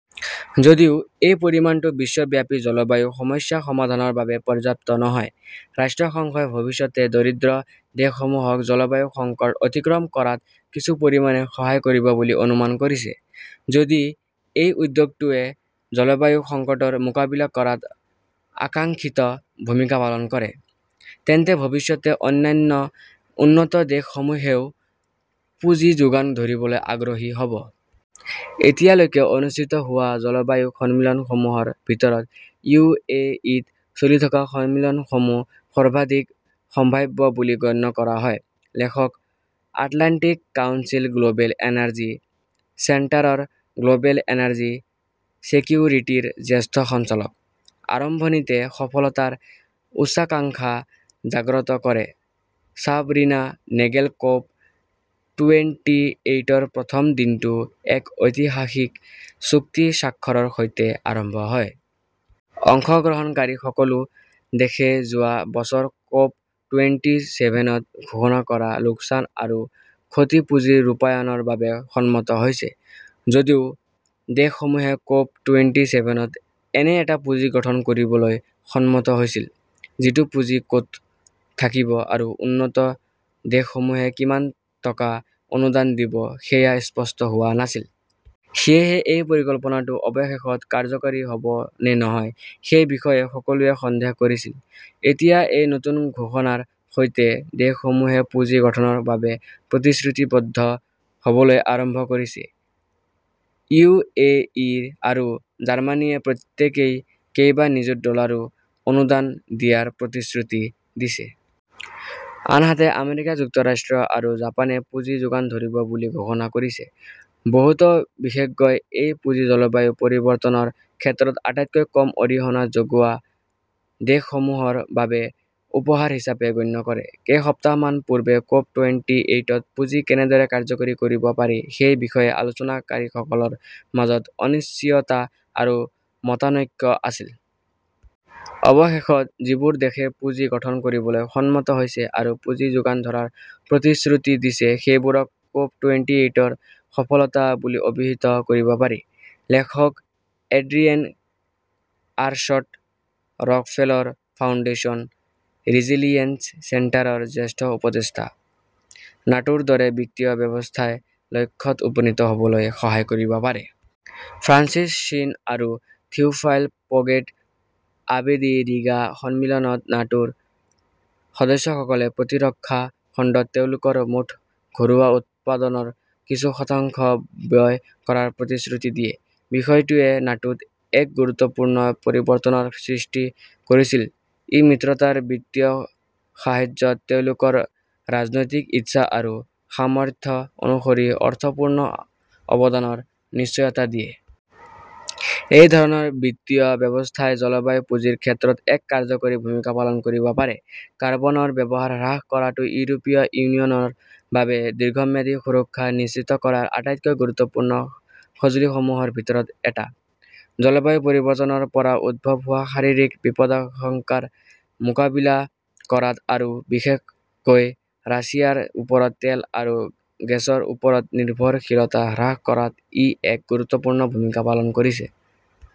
যদিও এই পৰিমাণটো বিশ্বব্যাপী জলবায়ু সমস্যা সমাধানৰ বাবে পৰ্যাপ্ত নহয়, ৰাষ্ট্ৰসংঘই ভৱিষ্যতে দৰিদ্ৰ দেশসমূহক জলবায়ু সংকট অতিক্ৰম কৰাত কিছু পৰিমাণে সহায় কৰিব বুলি অনুমান কৰিছে। যদি এই উদ্যোগটোৱে জলবায়ু সংকটৰ মোকাবিলা কৰাত আকাংক্ষিত ভূমিকা পালন কৰে, তেন্তে ভৱিষ্যতে অন্যান্য উন্নত দেশসমূহেও পুঁজি যোগান ধৰিবলৈ আগ্ৰহী হ 'ব। এতিয়ালৈকে অনুষ্ঠিত হোৱা জলবায়ু সন্মিলনসমূহৰ ভিতৰত ইউ. এ. ই. ত চলি থকা সন্মিলনসমূহ সৰ্বাধিক সম্ভাৱ্য বুলি গণ্য কৰা হয়। লেখকঃ আটলাণ্টিক কাউন্সিল গ্ল'বেল এনাৰ্জি চেণ্টাৰৰ গ্ল'বেল এনাৰ্জি ছেকিউৰিটিৰ জ্যেষ্ঠ সঞ্চালক। আৰম্ভণিতে সফলতাৰ উচ্চাকাংক্ষা জাগ্ৰত কৰে চাবৰিনা নেগেল ক'প টুৱেণ্টি এইটৰ প্ৰথম দিনটো এক ঐতিহাসিক চুক্তি স্বাক্ষৰৰ সৈতে আৰম্ভ হয়। অংশগ্ৰহণকাৰী সকলো দেশে যোৱা বছৰ ক'প টুৱেণ্টি চেভেনত ঘোষণা কৰা লোকচান আৰু ক্ষতি পুঁজিৰ ৰূপায়ণৰ বাবে সন্মত হৈছে। যদিও দেশসমূহে ক'প টুৱেণ্টি চেভেনত এনে এটা পুঁজি গঠন কৰিবলৈ সন্মত হৈছিল, যিটো পুঁজি ক'ত থাকিব আৰু উন্নত দেশসমূহে কিমান টকা অনুদান দিব, সেয়া স্পষ্ট হোৱা নাছিল। সেয়েহে এই পৰিকল্পনাটো অৱশেষত কাৰ্যকৰী হ'ব নে নহয় সেই বিষয়ে সকলোৱে সন্দেহ কৰিছিল। এতিয়া এই নতুন ঘোষণাৰ সৈতে, দেশসমূহে পুঁজি গঠনৰ বাবে প্ৰতিশ্ৰুতিবদ্ধ হ'বলৈ আৰম্ভ কৰিছে। ইউ এ ই আৰু জাৰ্মানীয়ে প্ৰত্যেকেই কেইবা নিযুত ডলাৰো অনুদান দিয়াৰ প্ৰতিশ্ৰুতি দিছে। আনহাতে আমেৰিকা যুক্তৰাষ্ট্ৰ আৰু জাপানেও পুঁজি যোগান ধৰিব বুলি ঘোষণা কৰিছে। বহুতো বিশেষজ্ঞই এই পুঁজি জলবায়ু পৰিৱৰ্তনৰ ক্ষেত্ৰত আটাইতকৈ কম অৰিহণা যোগোৱা দেশসমূহৰ বাবে উপহাৰ হিচাপে গণ্য কৰে। কেইসপ্তাহমান পূৰ্বে ক'প টুৱেণ্টি এইটত পুঁজি কেনেদৰে কাৰ্যকৰী কৰিব পাৰি সেই বিষয়ে আলোচনাকাৰীসকলৰ মাজত অনিশ্চয়তা আৰু মতানৈক্য আছিল। অৱশেষত যিবোৰ দেশে পুঁজি গঠন কৰিবলৈ সন্মত হৈছে আৰু পুঁজি যোগান ধৰাৰ প্ৰতিশ্ৰুতি দিছে, সেইবোৰক ক'প টুৱেণ্টি এইটৰ সফলতা বুলি অভিহিত কৰিব পাৰি। লেখকঃ এড্ৰিয়েন আৰশ্বট-ৰকফেলৰ ফাউণ্ডেশ্যন ৰিজিলিএন্স চেণ্টাৰৰ জ্যেষ্ঠ উপদেষ্টা। নাটোৰ দৰে বিত্তীয় ব্যৱস্থাই লক্ষ্যত উপনীত হ'বলৈ সহায় কৰিব পাৰে। ফ্ৰান্সিছ শ্বিন আৰু থিওফাইল পগেট-আবেদী ৰিগা সন্মিলনত নাটোৰ সদস্যসকলে প্ৰতিৰক্ষা খণ্ডত তেওঁলোকৰ মুঠ ঘৰুৱা উৎপাদনৰ কিছু শতাংশ ব্যয় কৰাৰ প্ৰতিশ্ৰুতি দিয়ে। বিষয়টোৱে নাটোত এক গুৰুত্বপূৰ্ণ পৰিৱৰ্তনৰ সৃষ্টি কৰিছিল। ই মিত্ৰতাৰ বিত্তীয় সাহায্যত তেওঁলোকৰ ৰাজনৈতিক ইচ্ছা আৰু সামৰ্থ্য অনুসৰি অৰ্থপূৰ্ণ অৱদানৰ নিশ্চয়তা দিয়ে। এই ধৰণৰ বিত্তীয় ব্যৱস্থাই জলবায়ু পুঁজিৰ ক্ষেত্ৰত এক কাৰ্যকৰী ভূমিকা পালন কৰিব পাৰে। কাৰ্বনৰ ব্যৱহাৰ হ্ৰাস কৰাটো ইউৰোপীয় ইউনিয়নৰ বাবে দীৰ্ঘম্যাদী সুৰক্ষা নিশ্চিত কৰাৰ আটাইতকৈ গুৰুত্বপূৰ্ণ সঁজুলিসমূহৰ ভিতৰত এটা। জলবায়ু পৰিৱৰ্তনৰ পৰা উদ্ভৱ হোৱা শাৰীৰিক বিপদাশংকাৰ মোকাবিলা কৰাত আৰু বিশেষকৈ ৰাছিয়াৰ ওপৰত তেল আৰু গেছৰ ওপৰত নিৰ্ভৰশীলতা হ্ৰাস কৰাত ই এক গুৰুত্বপূৰ্ণ ভূমিকা পালন কৰিছে।